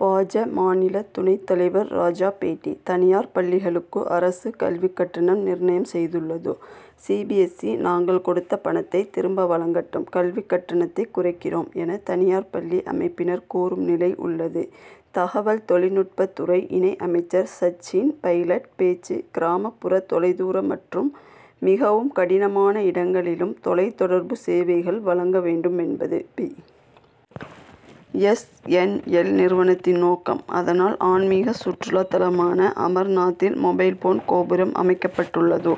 பா. ஜ. மாநில துணைத் தலைவர் ராஜா பேட்டி தனியார் பள்ளிகளுக்கு அரசு கல்வி கட்டணம் நிர்ணயம் செய்துள்ளது. சி. பி. எஸ். நாங்கள் கொடுத்த பணத்தை திரும்ப வழங்கட்டும் கல்வி கட்டணத்தை குறைக்கிறோம் என தனியார் பள்ளி அமைப்பினர் கூறும் நிலை உள்ளது. தகவல் தொழில்நுட்பத்துறை இணை அமைச்சர் சச்சின் பைலட் பேச்சு கிராமப்புற தொலைதூர மற்றும் மிகவும் கடினமான இடங்களிலும் தொலைத்தொடர்பு சேவைகளை வழங்க வேண்டும் என்பது பி. எஸ். என். எல். நிறுவனத்தின் நோக்கம். அதனால் ஆன்மிக சுற்றுலா தலமான அமர்நாத்தில் மொபைல்போன் கோபுரம் அமைக்கப்பட்டுள்ளது.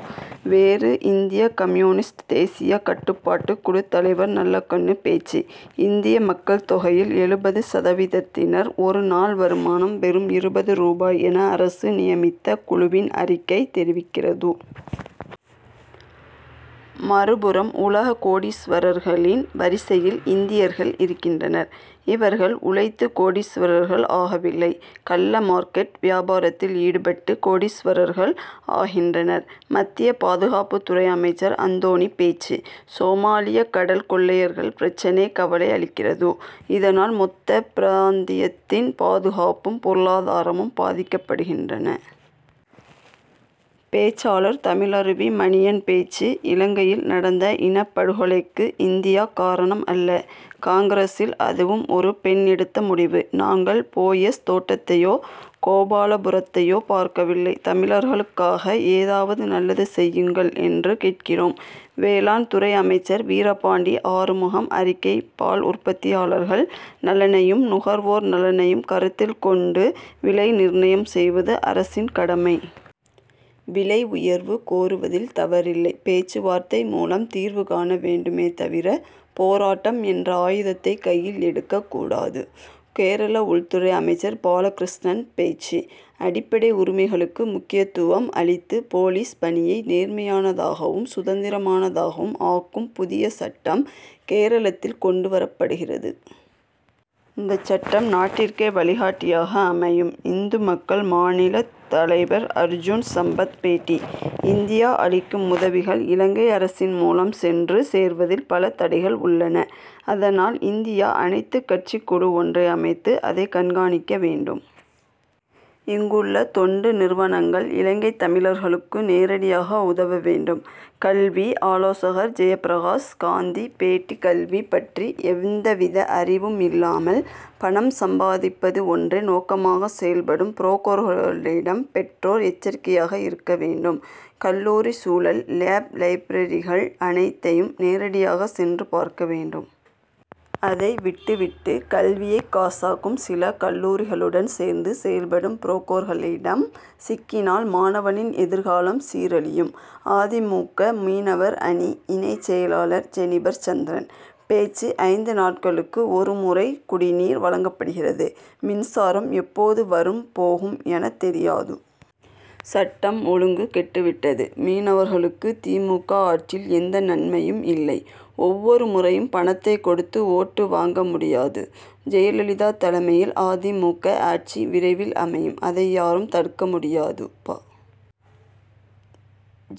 வேறு இந்திய கம்யூனிஸ்ட் தேசிய கட்டுப்பாட்டு குழு தலைவர் நல்லகண்ணு பேச்சு இந்திய மக்கள் தொகையில் எழுபது சதவீதத்தினர் ஒரு நாள் வருமானம் வெறும் இருபது ரூபாய் என அரசு நியமித்த குழுவின் அறிக்கை தெரிவிக்கிறது. மறுபுறம் உலக கோடீஸ்வரர்களின் வரிசையில் இந்தியர்கள் இருக்கின்றனர். இவர்கள் உழைத்து கோடீஸ்வரர்கள் ஆகவில்லை. கள்ள மார்க்கெட் வியாபாரத்தில் ஈடுபட்டு கோடீஸ்வரர்கள் ஆகின்றனர். மத்திய பாதுகாப்புத்துறை அமைச்சர் அந்தோணி பேச்சு சோமாலிய கடல் கொள்ளையர்கள் பிரச்னை கவலை அளிக்கிறது. இதனால் மொத்த பிராந்தியத்தின் பாதுகாப்பும் பொருளாதாரமும் பாதிக்கப்படுகின்றன. பேச்சாளர் தமிழருவி மணியன் பேச்சு இலங்கையில் நடந்த இனப்படுகொலைக்கு இந்தியா காரணம் அல்ல. காங்கிரசில் அதுவும் ஒரு பெண் எடுத்த முடிவு. நாங்கள் போயஸ் தோட்டத்தையோ கோபாலபுரத்தையோ பார்க்கவில்லை. தமிழர்களுக்காக ஏதாவது நல்லது செய்யுங்கள் என்று கேட்கிறோம். வேளாண்துறை அமைச்சர் வீரபாண்டி ஆறுமுகம் அறிக்கை பால் உற்பத்தியாளர்கள் நலனையும் நுகர்வோர் நலனையும் கருத்தில் கொண்டு விலை நிர்ணயம் செய்வது அரசின் கடமை. விலை உயர்வு கோருவதில் தவறில்லை. பேச்சுவார்த்தை மூலம் தீர்வு காண வேண்டுமே தவிர போராட்டம் என்ற ஆயுதத்தை கையில் எடுக்கக்கூடாது. கேரள உள்துறை அமைச்சர் பாலகிருஷ்ணன் பேச்சு அடிப்படை உரிமைகளுக்கு முக்கியத்துவம் அளித்து போலீஸ் பணியை நேர்மையானதாகவும் சுதந்திரமானதாகவும் ஆக்கும் புதிய சட்டம் கேரளத்தில் கொண்டு வரப்படுகிறது. இந்த சட்டம் நாட்டிற்கே வழிகாட்டியாக அமையும். இந்து மக்கள் மாநிலத் தலைவர் அர்ஜுன் சம்பத் பேட்டி இந்தியா அளிக்கும் உதவிகள் இலங்கை அரசின் மூலம் சென்று சேர்வதில் பல தடைகள் உள்ளன. அதனால் இந்தியா அனைத்து கட்சிக் குழு ஒன்றை அமைத்து அதை கண்காணிக்க வேண்டும். இங்குள்ள தொண்டு நிறுவனங்கள் இலங்கைத் தமிழர்களுக்கு நேரடியாக உதவ வேண்டும். கல்வி ஆலோசகர் ஜெயப்பிரகாஷ் காந்தி பேட்டி கல்வி பற்றி எந்தவித அறிவும் இல்லாமல் பணம் சம்பாதிப்பது ஒன்றே நோக்கமாகச் செயல்படும் புரோக்கர்களிடம் பெற்றோர் எச்சரிக்கையாக இருக்க வேண்டும். கல்லூரி சூழல் லேப் லைப்ரரிகள் அனைத்தையும் நேரடியாக சென்று பார்க்க வேண்டும். அதை விட்டுவிட்டு கல்வியைக் காசாக்கும் சில கல்லூரிகளுடன் சேர்ந்து செயல்படும் புரோக்கர்களிடம் சிக்கினால் மாணவனின் எதிர்காலம் சீரழியும். அ. தி. மு. க. மீனவர் அணி இணை செயலர் ஜெனிபர் சந்திரன் பேச்சு ஐந்து நாட்களுக்கு ஒரு முறை குடிநீர் வழங்கப்படுகிறது. மின்சாரம் எப்போது வரும் போகும் எனத் தெரியாது. சட்டம் ஒழுங்கு கெட்டு விட்டது. மீனவர்களுக்கு தி. மு. க. ஆட்சியில் எந்த நன்மையும் இல்லை. ஒவ்வொரு முறையும் பணத்தை கொடுத்து ஓட்டு வாங்க முடியாது. ஜெயலலிதா தலைமையில் அ. தி. மு. க. ஆட்சி விரைவில் அமையும். அதை யாரும் தடுக்க முடியாது. பா.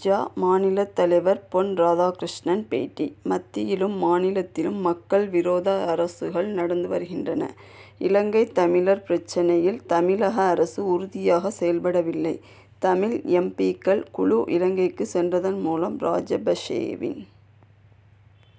ஜ. மாநிலத் தலைவர் பொன். ராதாகிருஷ்ணன் பேட்டி மத்தியிலும் மாநிலத்திலும் மக்கள் விரோத அரசுகள் நடந்து வருகின்றன. இலங்கைத் தமிழர் பிரச்னையில் தமிழக அரசு உறுதியாக செயல்படவில்லை. தமிழ் எம். பி.க்கள் குழு இலங்கைக்கு சென்றதன் மூலம் ராஜபக்ஷேவின்